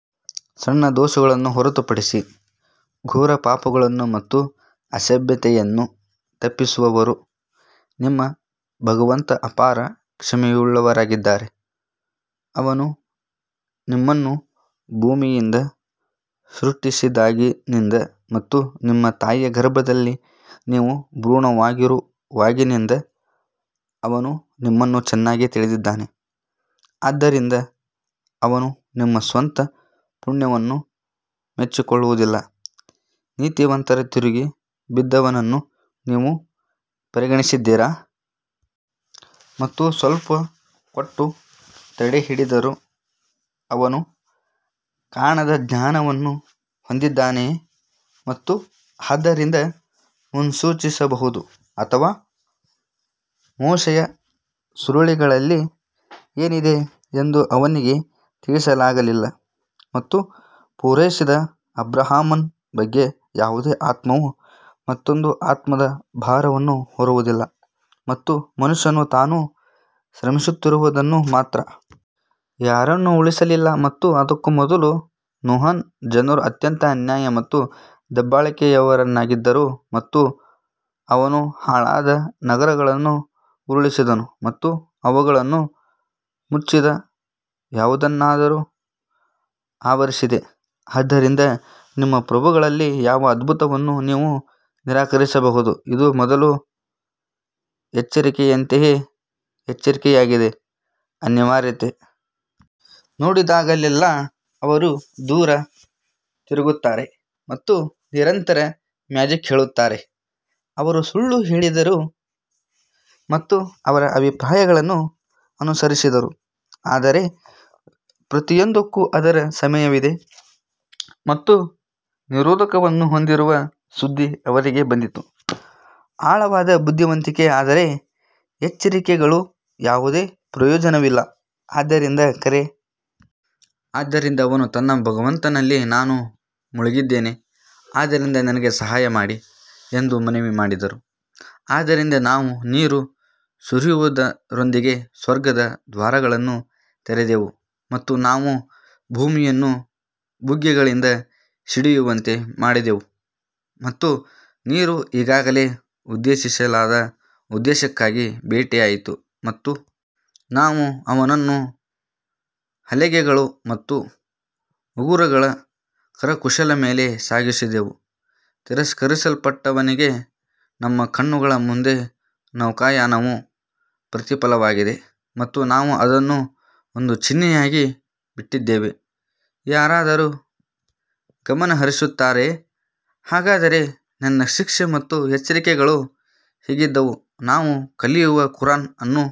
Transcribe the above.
ಸಣ್ಣ ದೋಷಗಳನ್ನು ಹೊರತುಪಡಿಸಿ ಘೋರ ಪಾಪಗಳನ್ನು ಮತ್ತು ಅಸಭ್ಯತೆಯನ್ನು ತಪ್ಪಿಸುವವರು ನಿಮ್ಮ ಭಗವಂತ ಅಪಾರ ಕ್ಷಮೆಯುಳ್ಳವರಾಗಿದ್ದಾರೆ, ಅವನು ನಿಮ್ಮನ್ನು ಭೂಮಿಯಿಂದ ಸೃಷ್ಟಿಸಿದಾಗಿನಿಂದ ಮತ್ತು ನಿಮ್ಮ ತಾಯಿಯ ಗರ್ಭದಲ್ಲಿ ನೀವು ಭ್ರೂಣವಾಗಿರುವಾಗಿನಿಂದ ಅವನು ನಿಮ್ಮನ್ನು ಚೆನ್ನಾಗಿ ತಿಳಿದಿದ್ದಾನೆ ಆದ್ದರಿಂದ ಅವನು ನಿಮ್ಮ ಸ್ವಂತ ಪುಣ್ಯವನ್ನು ಮೆಚ್ಚಿಕೊಳ್ಳುವುದಿಲ್ಲ. ನೀತಿವಂತರ ತಿರುಗಿ ಬಿದ್ದವನನ್ನು ನೀವು ಪರಿಗಣಿಸಿದ್ದೀರಾ? ಮತ್ತು ಸ್ವಲ್ಪ ಕೊಟ್ಟು ತಡೆಹಿಡಿದರು ಅವನು ಕಾಣದ ಜ್ಞಾನವನ್ನು ಹೊಂದಿದ್ದಾನೆಯೇ ಮತ್ತು ಆದ್ದರಿಂದ ಮುನ್ಸೂಚಿಸಬಹುದು ಅಥವಾ ಮೋಶೆಯ ಸುರುಳಿಗಳಲ್ಲಿ ಏನಿದೆ ಎಂದು ಅವನಿಗೆ ತಿಳಿಸಲಾಗಿಲ್ಲ ಮತ್ತು ಪೂರೈಸಿದ ಅಬ್ರಹಾಮನ ಬಗ್ಗೆ ಯಾವುದೇ ಆತ್ಮವು ಮತ್ತೊಂದು ಆತ್ಮದ ಭಾರವನ್ನು ಹೊರುವುದಿಲ್ಲ ಮತ್ತು ಮನುಷ್ಯನು ತಾನು ಶ್ರಮಿಸುತ್ತಿರುವುದನ್ನು ಮಾತ್ರ ಯಾರನ್ನೂ ಉಳಿಸಲಿಲ್ಲ ಮತ್ತು ಅದಕ್ಕೂ ಮೊದಲು ನೂಹನ ಜನರು ಅತ್ಯಂತ ಅನ್ಯಾಯ ಮತ್ತು ದಬ್ಬಾಳಿಕೆಯವರಾಗಿದ್ದರು ಮತ್ತು ಅವನು ಹಾಳಾದ ನಗರಗಳನ್ನು ಉರುಳಿಸಿದನು ಮತ್ತು ಅವುಗಳನ್ನು ಮುಚ್ಚಿದ ಯಾವುದನ್ನಾದರೂ ಆವರಿಸಿದೆ ಆದ್ದರಿಂದ ನಿಮ್ಮ ಪ್ರಭುಗಳಲ್ಲಿ ಯಾವ ಅದ್ಭುತವನ್ನು ನೀವು ನಿರಾಕರಿಸಬಹುದು ಇದು ಮೊದಲು ಎಚ್ಚರಿಕೆಯಂತೆಯೇ ಎಚ್ಚರಿಕೆಯಾಗಿದೆ ಅನಿವಾರ್ಯತೆ ನೋಡಿದಾಗಲೆಲ್ಲಾ ಅವರು ದೂರ ತಿರುಗುತ್ತಾರೆ ಮತ್ತು ನಿರಂತರ ಮ್ಯಾಜಿಕ್ ಹೇಳುತ್ತಾರೆ ಅವರು ಸುಳ್ಳು ಹೇಳಿದರು ಮತ್ತು ಅವರ ಅಭಿಪ್ರಾಯಗಳನ್ನು ಅನುಸರಿಸಿದರು ಆದರೆ ಪ್ರತಿಯೊಂದಕ್ಕೂ ಅದರ ಸಮಯವಿದೆ ಮತ್ತು ನಿರೋಧಕವನ್ನು ಹೊಂದಿರುವ ಸುದ್ದಿ ಅವರಿಗೆ ಬಂದಿತು ಆಳವಾದ ಬುದ್ಧಿವಂತಿಕೆ ಆದರೆ ಎಚ್ಚರಿಕೆಗಳು ಯಾವುದೇ ಪ್ರಯೋಜನವಿಲ್ಲ ಆದ್ದರಿಂದ ಕರೆ ಆದ್ದರಿಂದ ಅವನು ತನ್ನ ಭಗವಂತನಲ್ಲಿ ನಾನು ಮುಳುಗಿದ್ದೇನೆ ಆದ್ದರಿಂದ ನನಗೆ ಸಹಾಯ ಮಾಡಿ ಎಂದು ಮನವಿ ಮಾಡಿದರು ಆದ್ದರಿಂದ ನಾವು ನೀರು ಸುರಿಯುವುದರೊಂದಿಗೆ ಸ್ವರ್ಗದ ದ್ವಾರಗಳನ್ನು ತೆರೆದೆವು ಮತ್ತು ನಾವು ಭೂಮಿಯನ್ನು ಬುಗ್ಗೆಗಳಿಂದ ಸಿಡಿಯುವಂತೆ ಮಾಡಿದೆವು ಮತ್ತು ನೀರು ಈಗಾಗಲೇ ಉದ್ದೇಶಿಸಲಾದ ಉದ್ದೇಶಕ್ಕಾಗಿ ಭೇಟಿಯಾಯಿತು ಮತ್ತು ನಾವು ಅವನನ್ನು ಹಲಗೆಗಳು ಮತ್ತು ಉಗುರುಗಳ ಕರಕುಶಲ ಮೇಲೆ ಸಾಗಿಸಿದೆವು ತಿರಸ್ಕರಿಸಲ್ಪಟ್ಟವನಿಗೆ ನಮ್ಮ ಕಣ್ಣುಗಳ ಮುಂದೆ ನೌಕಾಯಾನವು ಪ್ರತಿಫಲವಾಗಿದೆ ಮತ್ತು ನಾವು ಅದನ್ನು ಒಂದು ಚಿಹ್ನೆಯಾಗಿ ಬಿಟ್ಟಿದ್ದೇವೆ, ಯಾರಾದರೂ ಗಮನಹರಿಸುತ್ತಾರೆಯೇ ಹಾಗಾದರೆ ನನ್ನ ಶಿಕ್ಷೆ ಮತ್ತು ನನ್ನ ಎಚ್ಚರಿಕೆಗಳು ಹೇಗಿದ್ದವು ನಾವು ಕಲಿಯಲು ಕುರಾನ್ ಅನ್ನು